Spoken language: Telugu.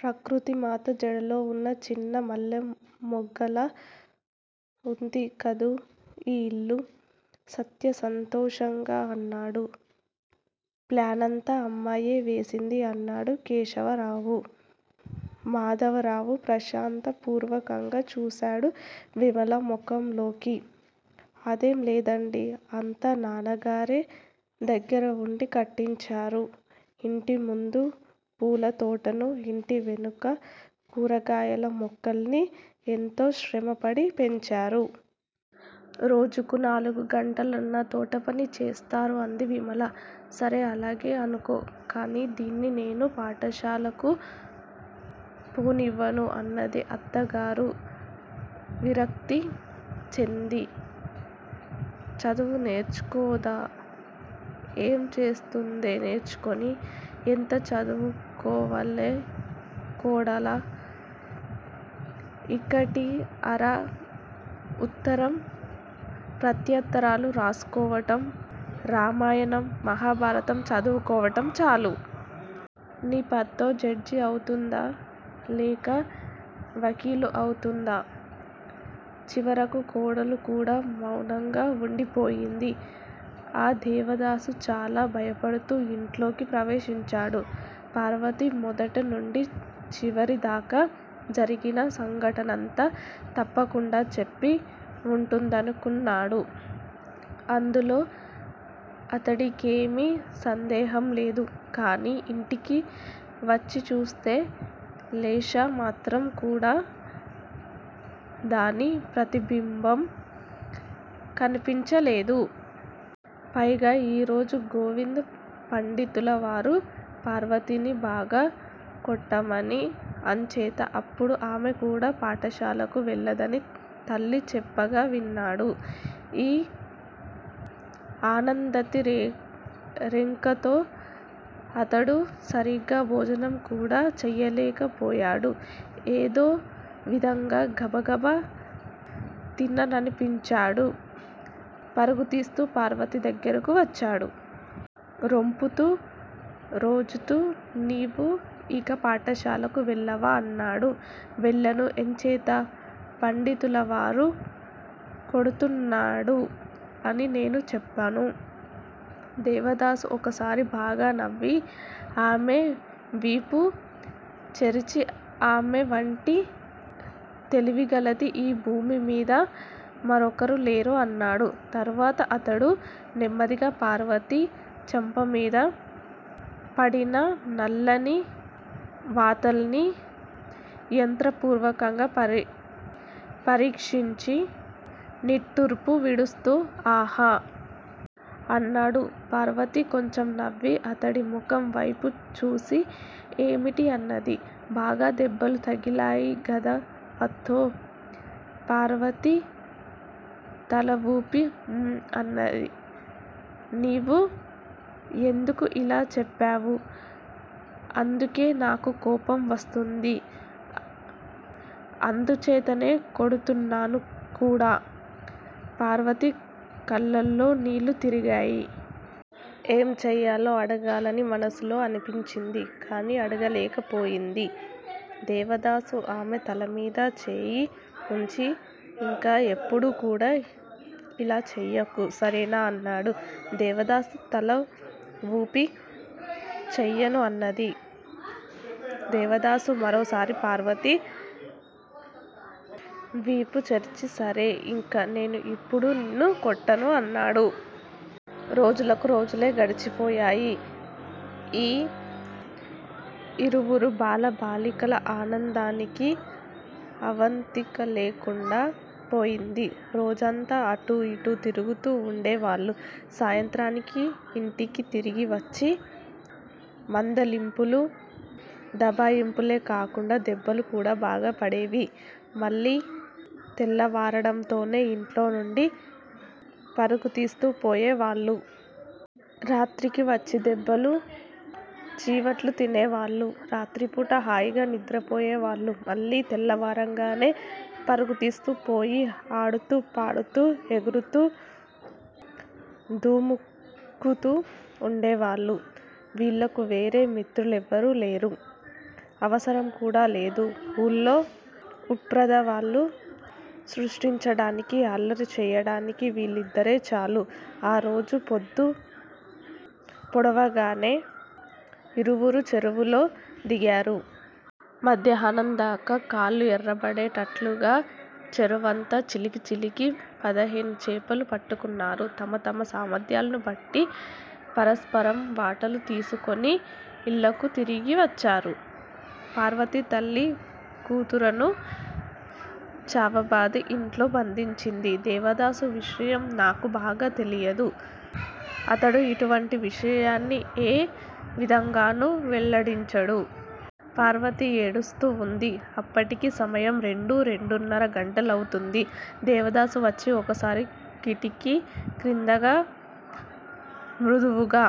ప్రకృతిమాత జడలోవున్న చిన్న మల్లెమొగ్గలా ఉంది కదూ ఈ ఇల్లు? సత్యం సంతోషంగా అన్నాడు. ప్లానంతా అమ్మాయే వేసింది! అన్నాడు కేశవరావు. మాధవరావు ప్రశంసాపూర్వకంగా చూశాడు విమల ముఖంలోకి. అదేం లేదండీ! అంతా నాన్నగారే దగ్గిరవుండి కట్టించారు. ఇంటి ముందు పూలతోటనూ, ఇంటి వెనుక కూరగాయల మొక్కల్నీ ఎంతో శ్రమపడి పెంచారు. రోజుకు నాలుగు గంటలన్నా తోటపని చేస్తారు అంది విమల. సరే అలాగే అనుకో. కాని దీన్ని నేను పాఠశాలకు పోనివ్వను అన్నది అత్తగారు విరక్తి చెంది. చదువు నేర్చుకోదా? ఏం చేస్తుందే నేర్చుకొని? ఎంత చదువుకోవాలే కోడలా? ఇకటీ అరా ఉత్తరం ప్రత్యుత్తరాలు రాసుకోవడం, రామాయణం, మహాభారతం చదువుకోవడం చాలు! నీ పత్తో జడ్జీ అవుతుందా లేక వకీలు అవుతుందా? చివరకు కోడలు కూడా మౌనంగా వుండిపోయింది. ఆ దేవదాసు చాలా భయపడుతూ ఇంట్లోకి ప్రవేశించాడు. పార్వతి మొదటి నుంచి చివరి దాకా జరిగిన సంఘటనంతా తప్పకుండా చెప్పి వుంటుందనుకున్నాడు. అందులో అతడికేమీ సందేహంలేదు. కాని ఇంటికి వచ్చిచూస్తే లేశ మాత్రం కూడా దాని ప్రతిబింబం కనిపించలేదు. పైగా ఈ రోజు గోవింద్ పండితులవారు పార్వతిని బాగా కొట్టామనీ అంచేత ఇప్పుడు ఆమె కూడా పాఠశాలకు వెళ్ళదనీ తల్లి చెప్పగా విన్నాడు. ఈ ఆనందాతి రేకంతో అతడు సరీగా భోజనం కూడా చేయలేకపోయాడు. ఏదో విధంగా గబగబా తిన్నాననిపించాడు. పరుగుతీస్తూ పార్వతి దగ్గరకు వచ్చాడు. రొప్పుతూ, రోజుతూ నీవు ఇక పాఠశాలకు వెళ్ళవా? అన్నాడు. వెళ్ళను! ఎంచేత? పండితులవారు కొడుతున్నాడు అని నేను చెప్పాను. దేవదాసు ఒక్కసారి బాగా నవ్వి, ఆమె వీపు చరిచి ఆమె వంటి తెలివిగలది ఈ భూమిమీద మరొకరులేరు అన్నాడు. తరువాత అతడు నెమ్మదిగా పార్వతి చెంపమీద పడిన నల్లని వాతల్ని యత్నపూర్వకంగా పరీక్షించి నిట్టూర్పు విడుస్తూ ఆహా! అన్నాడు. పార్వతి కొంచెం నవ్వి అతడి ముఖం వైపు చూసి ఏమిటీ అన్నది. బాగా దెబ్బలు తగిలాయి గదూ పత్తో? పార్వతి తలవూపి ఊఁ అన్నది. నీవు యెందుకు ఇ లా చేప్పావు? అందుకే నాకు కోపం వస్తుంది. అందుచేతనే కొడుతున్నాను కూడా. పార్వతి కళ్ళల్లో నీళ్ళు తిరిగాయి. ఏం చేయాలో అడగాలని మనసులో అనిపించింది. కాని అడగలేకపోయింది. దేవదాసు ఆమె తలమీద చేయి ఉంచి ఇక ఎప్పుడూ కూడా అలా చేయకు, సరేనా? అన్నాడు. దేవదాసు తలవూపి చేయను అన్నది. దేవదాసు మరోసారి పార్వతి వీపుచరిచి, సరే ఇక నేను ఎప్పుడూ నిన్ను కొట్టను అన్నాడు. రోజులకు రోజులే గడిచిపోయాయ్యి. ఈ ఇరువురు బాల బాలికల ఆనందానికి అవతికలేకుండా పోయింది. రోజంతా అటూ ఇటూ తిరుగుతూ వుండేవాళ్ళు. సాయంత్రానికి ఇంటికి తిరిగి వచ్చి మందలింపులూ, దబాయింపులే కాకుండా దెబ్బలు కూడా బాగా పడేవి. మళ్ళీ తెల్లవారడంతోనే ఇంట్లో నుండి పరుగుతీస్తూ పోయే వాళ్ళు. రాత్రికి వచ్చి దెబ్బలూ, చీవాట్లూ తినేవాళ్ళు. రాత్రిపూట హాయిగా నిద్రపోయేవాళ్ళు. మళ్ళీ తెల్లవారగానే పరుగుతీస్తూ పోయి ఆడుతూ, పాడుతూ, ఎగురుతూ, దుముకుతూ ఉండేవాళ్ళు. వీళ్ళకు వేరే మిత్రులెవరూలేరు. అవసరం కూడా లేదు. ఊళ్ళో ఉపద్రవాలు సృష్టించడానికీ, అల్లరి చేయడానికీ వీళ్ళిద్దరే చాలు. ఆ రోజు ప్రొద్దు పొడవగానే ఇరువురూ చెరువులో దిగారు. మధ్యాహ్నందాకా కళ్ళు ఎర్రబడేటట్లుగా చెరువంతా చిలికి చిలికి పదిహేను చేపలు పట్టుకున్నారు. తమ తమ సామర్ధ్యాన్ని బట్టి పరస్పరం వాటాలు తీసికొని ఇళ్ళకు తిరిగి వచ్చారు. పార్వతి తల్లి కూతురును చావబాది ఇంట్లో బంధించింది. దేవదాసు విషయం నాకు బాగా తెలియదు. అతడు ఇటువంటి విషయాలను ఏ విధంగానూ వెల్లడించడు. పార్వతి ఏడుస్తూ వుంది. అప్పటికి సమయం రెండూ, రెండున్నర గంటలవుతుంది. దేవదాసు వచ్చి ఒకసారి కిటికీ క్రిందగా మృదువుగా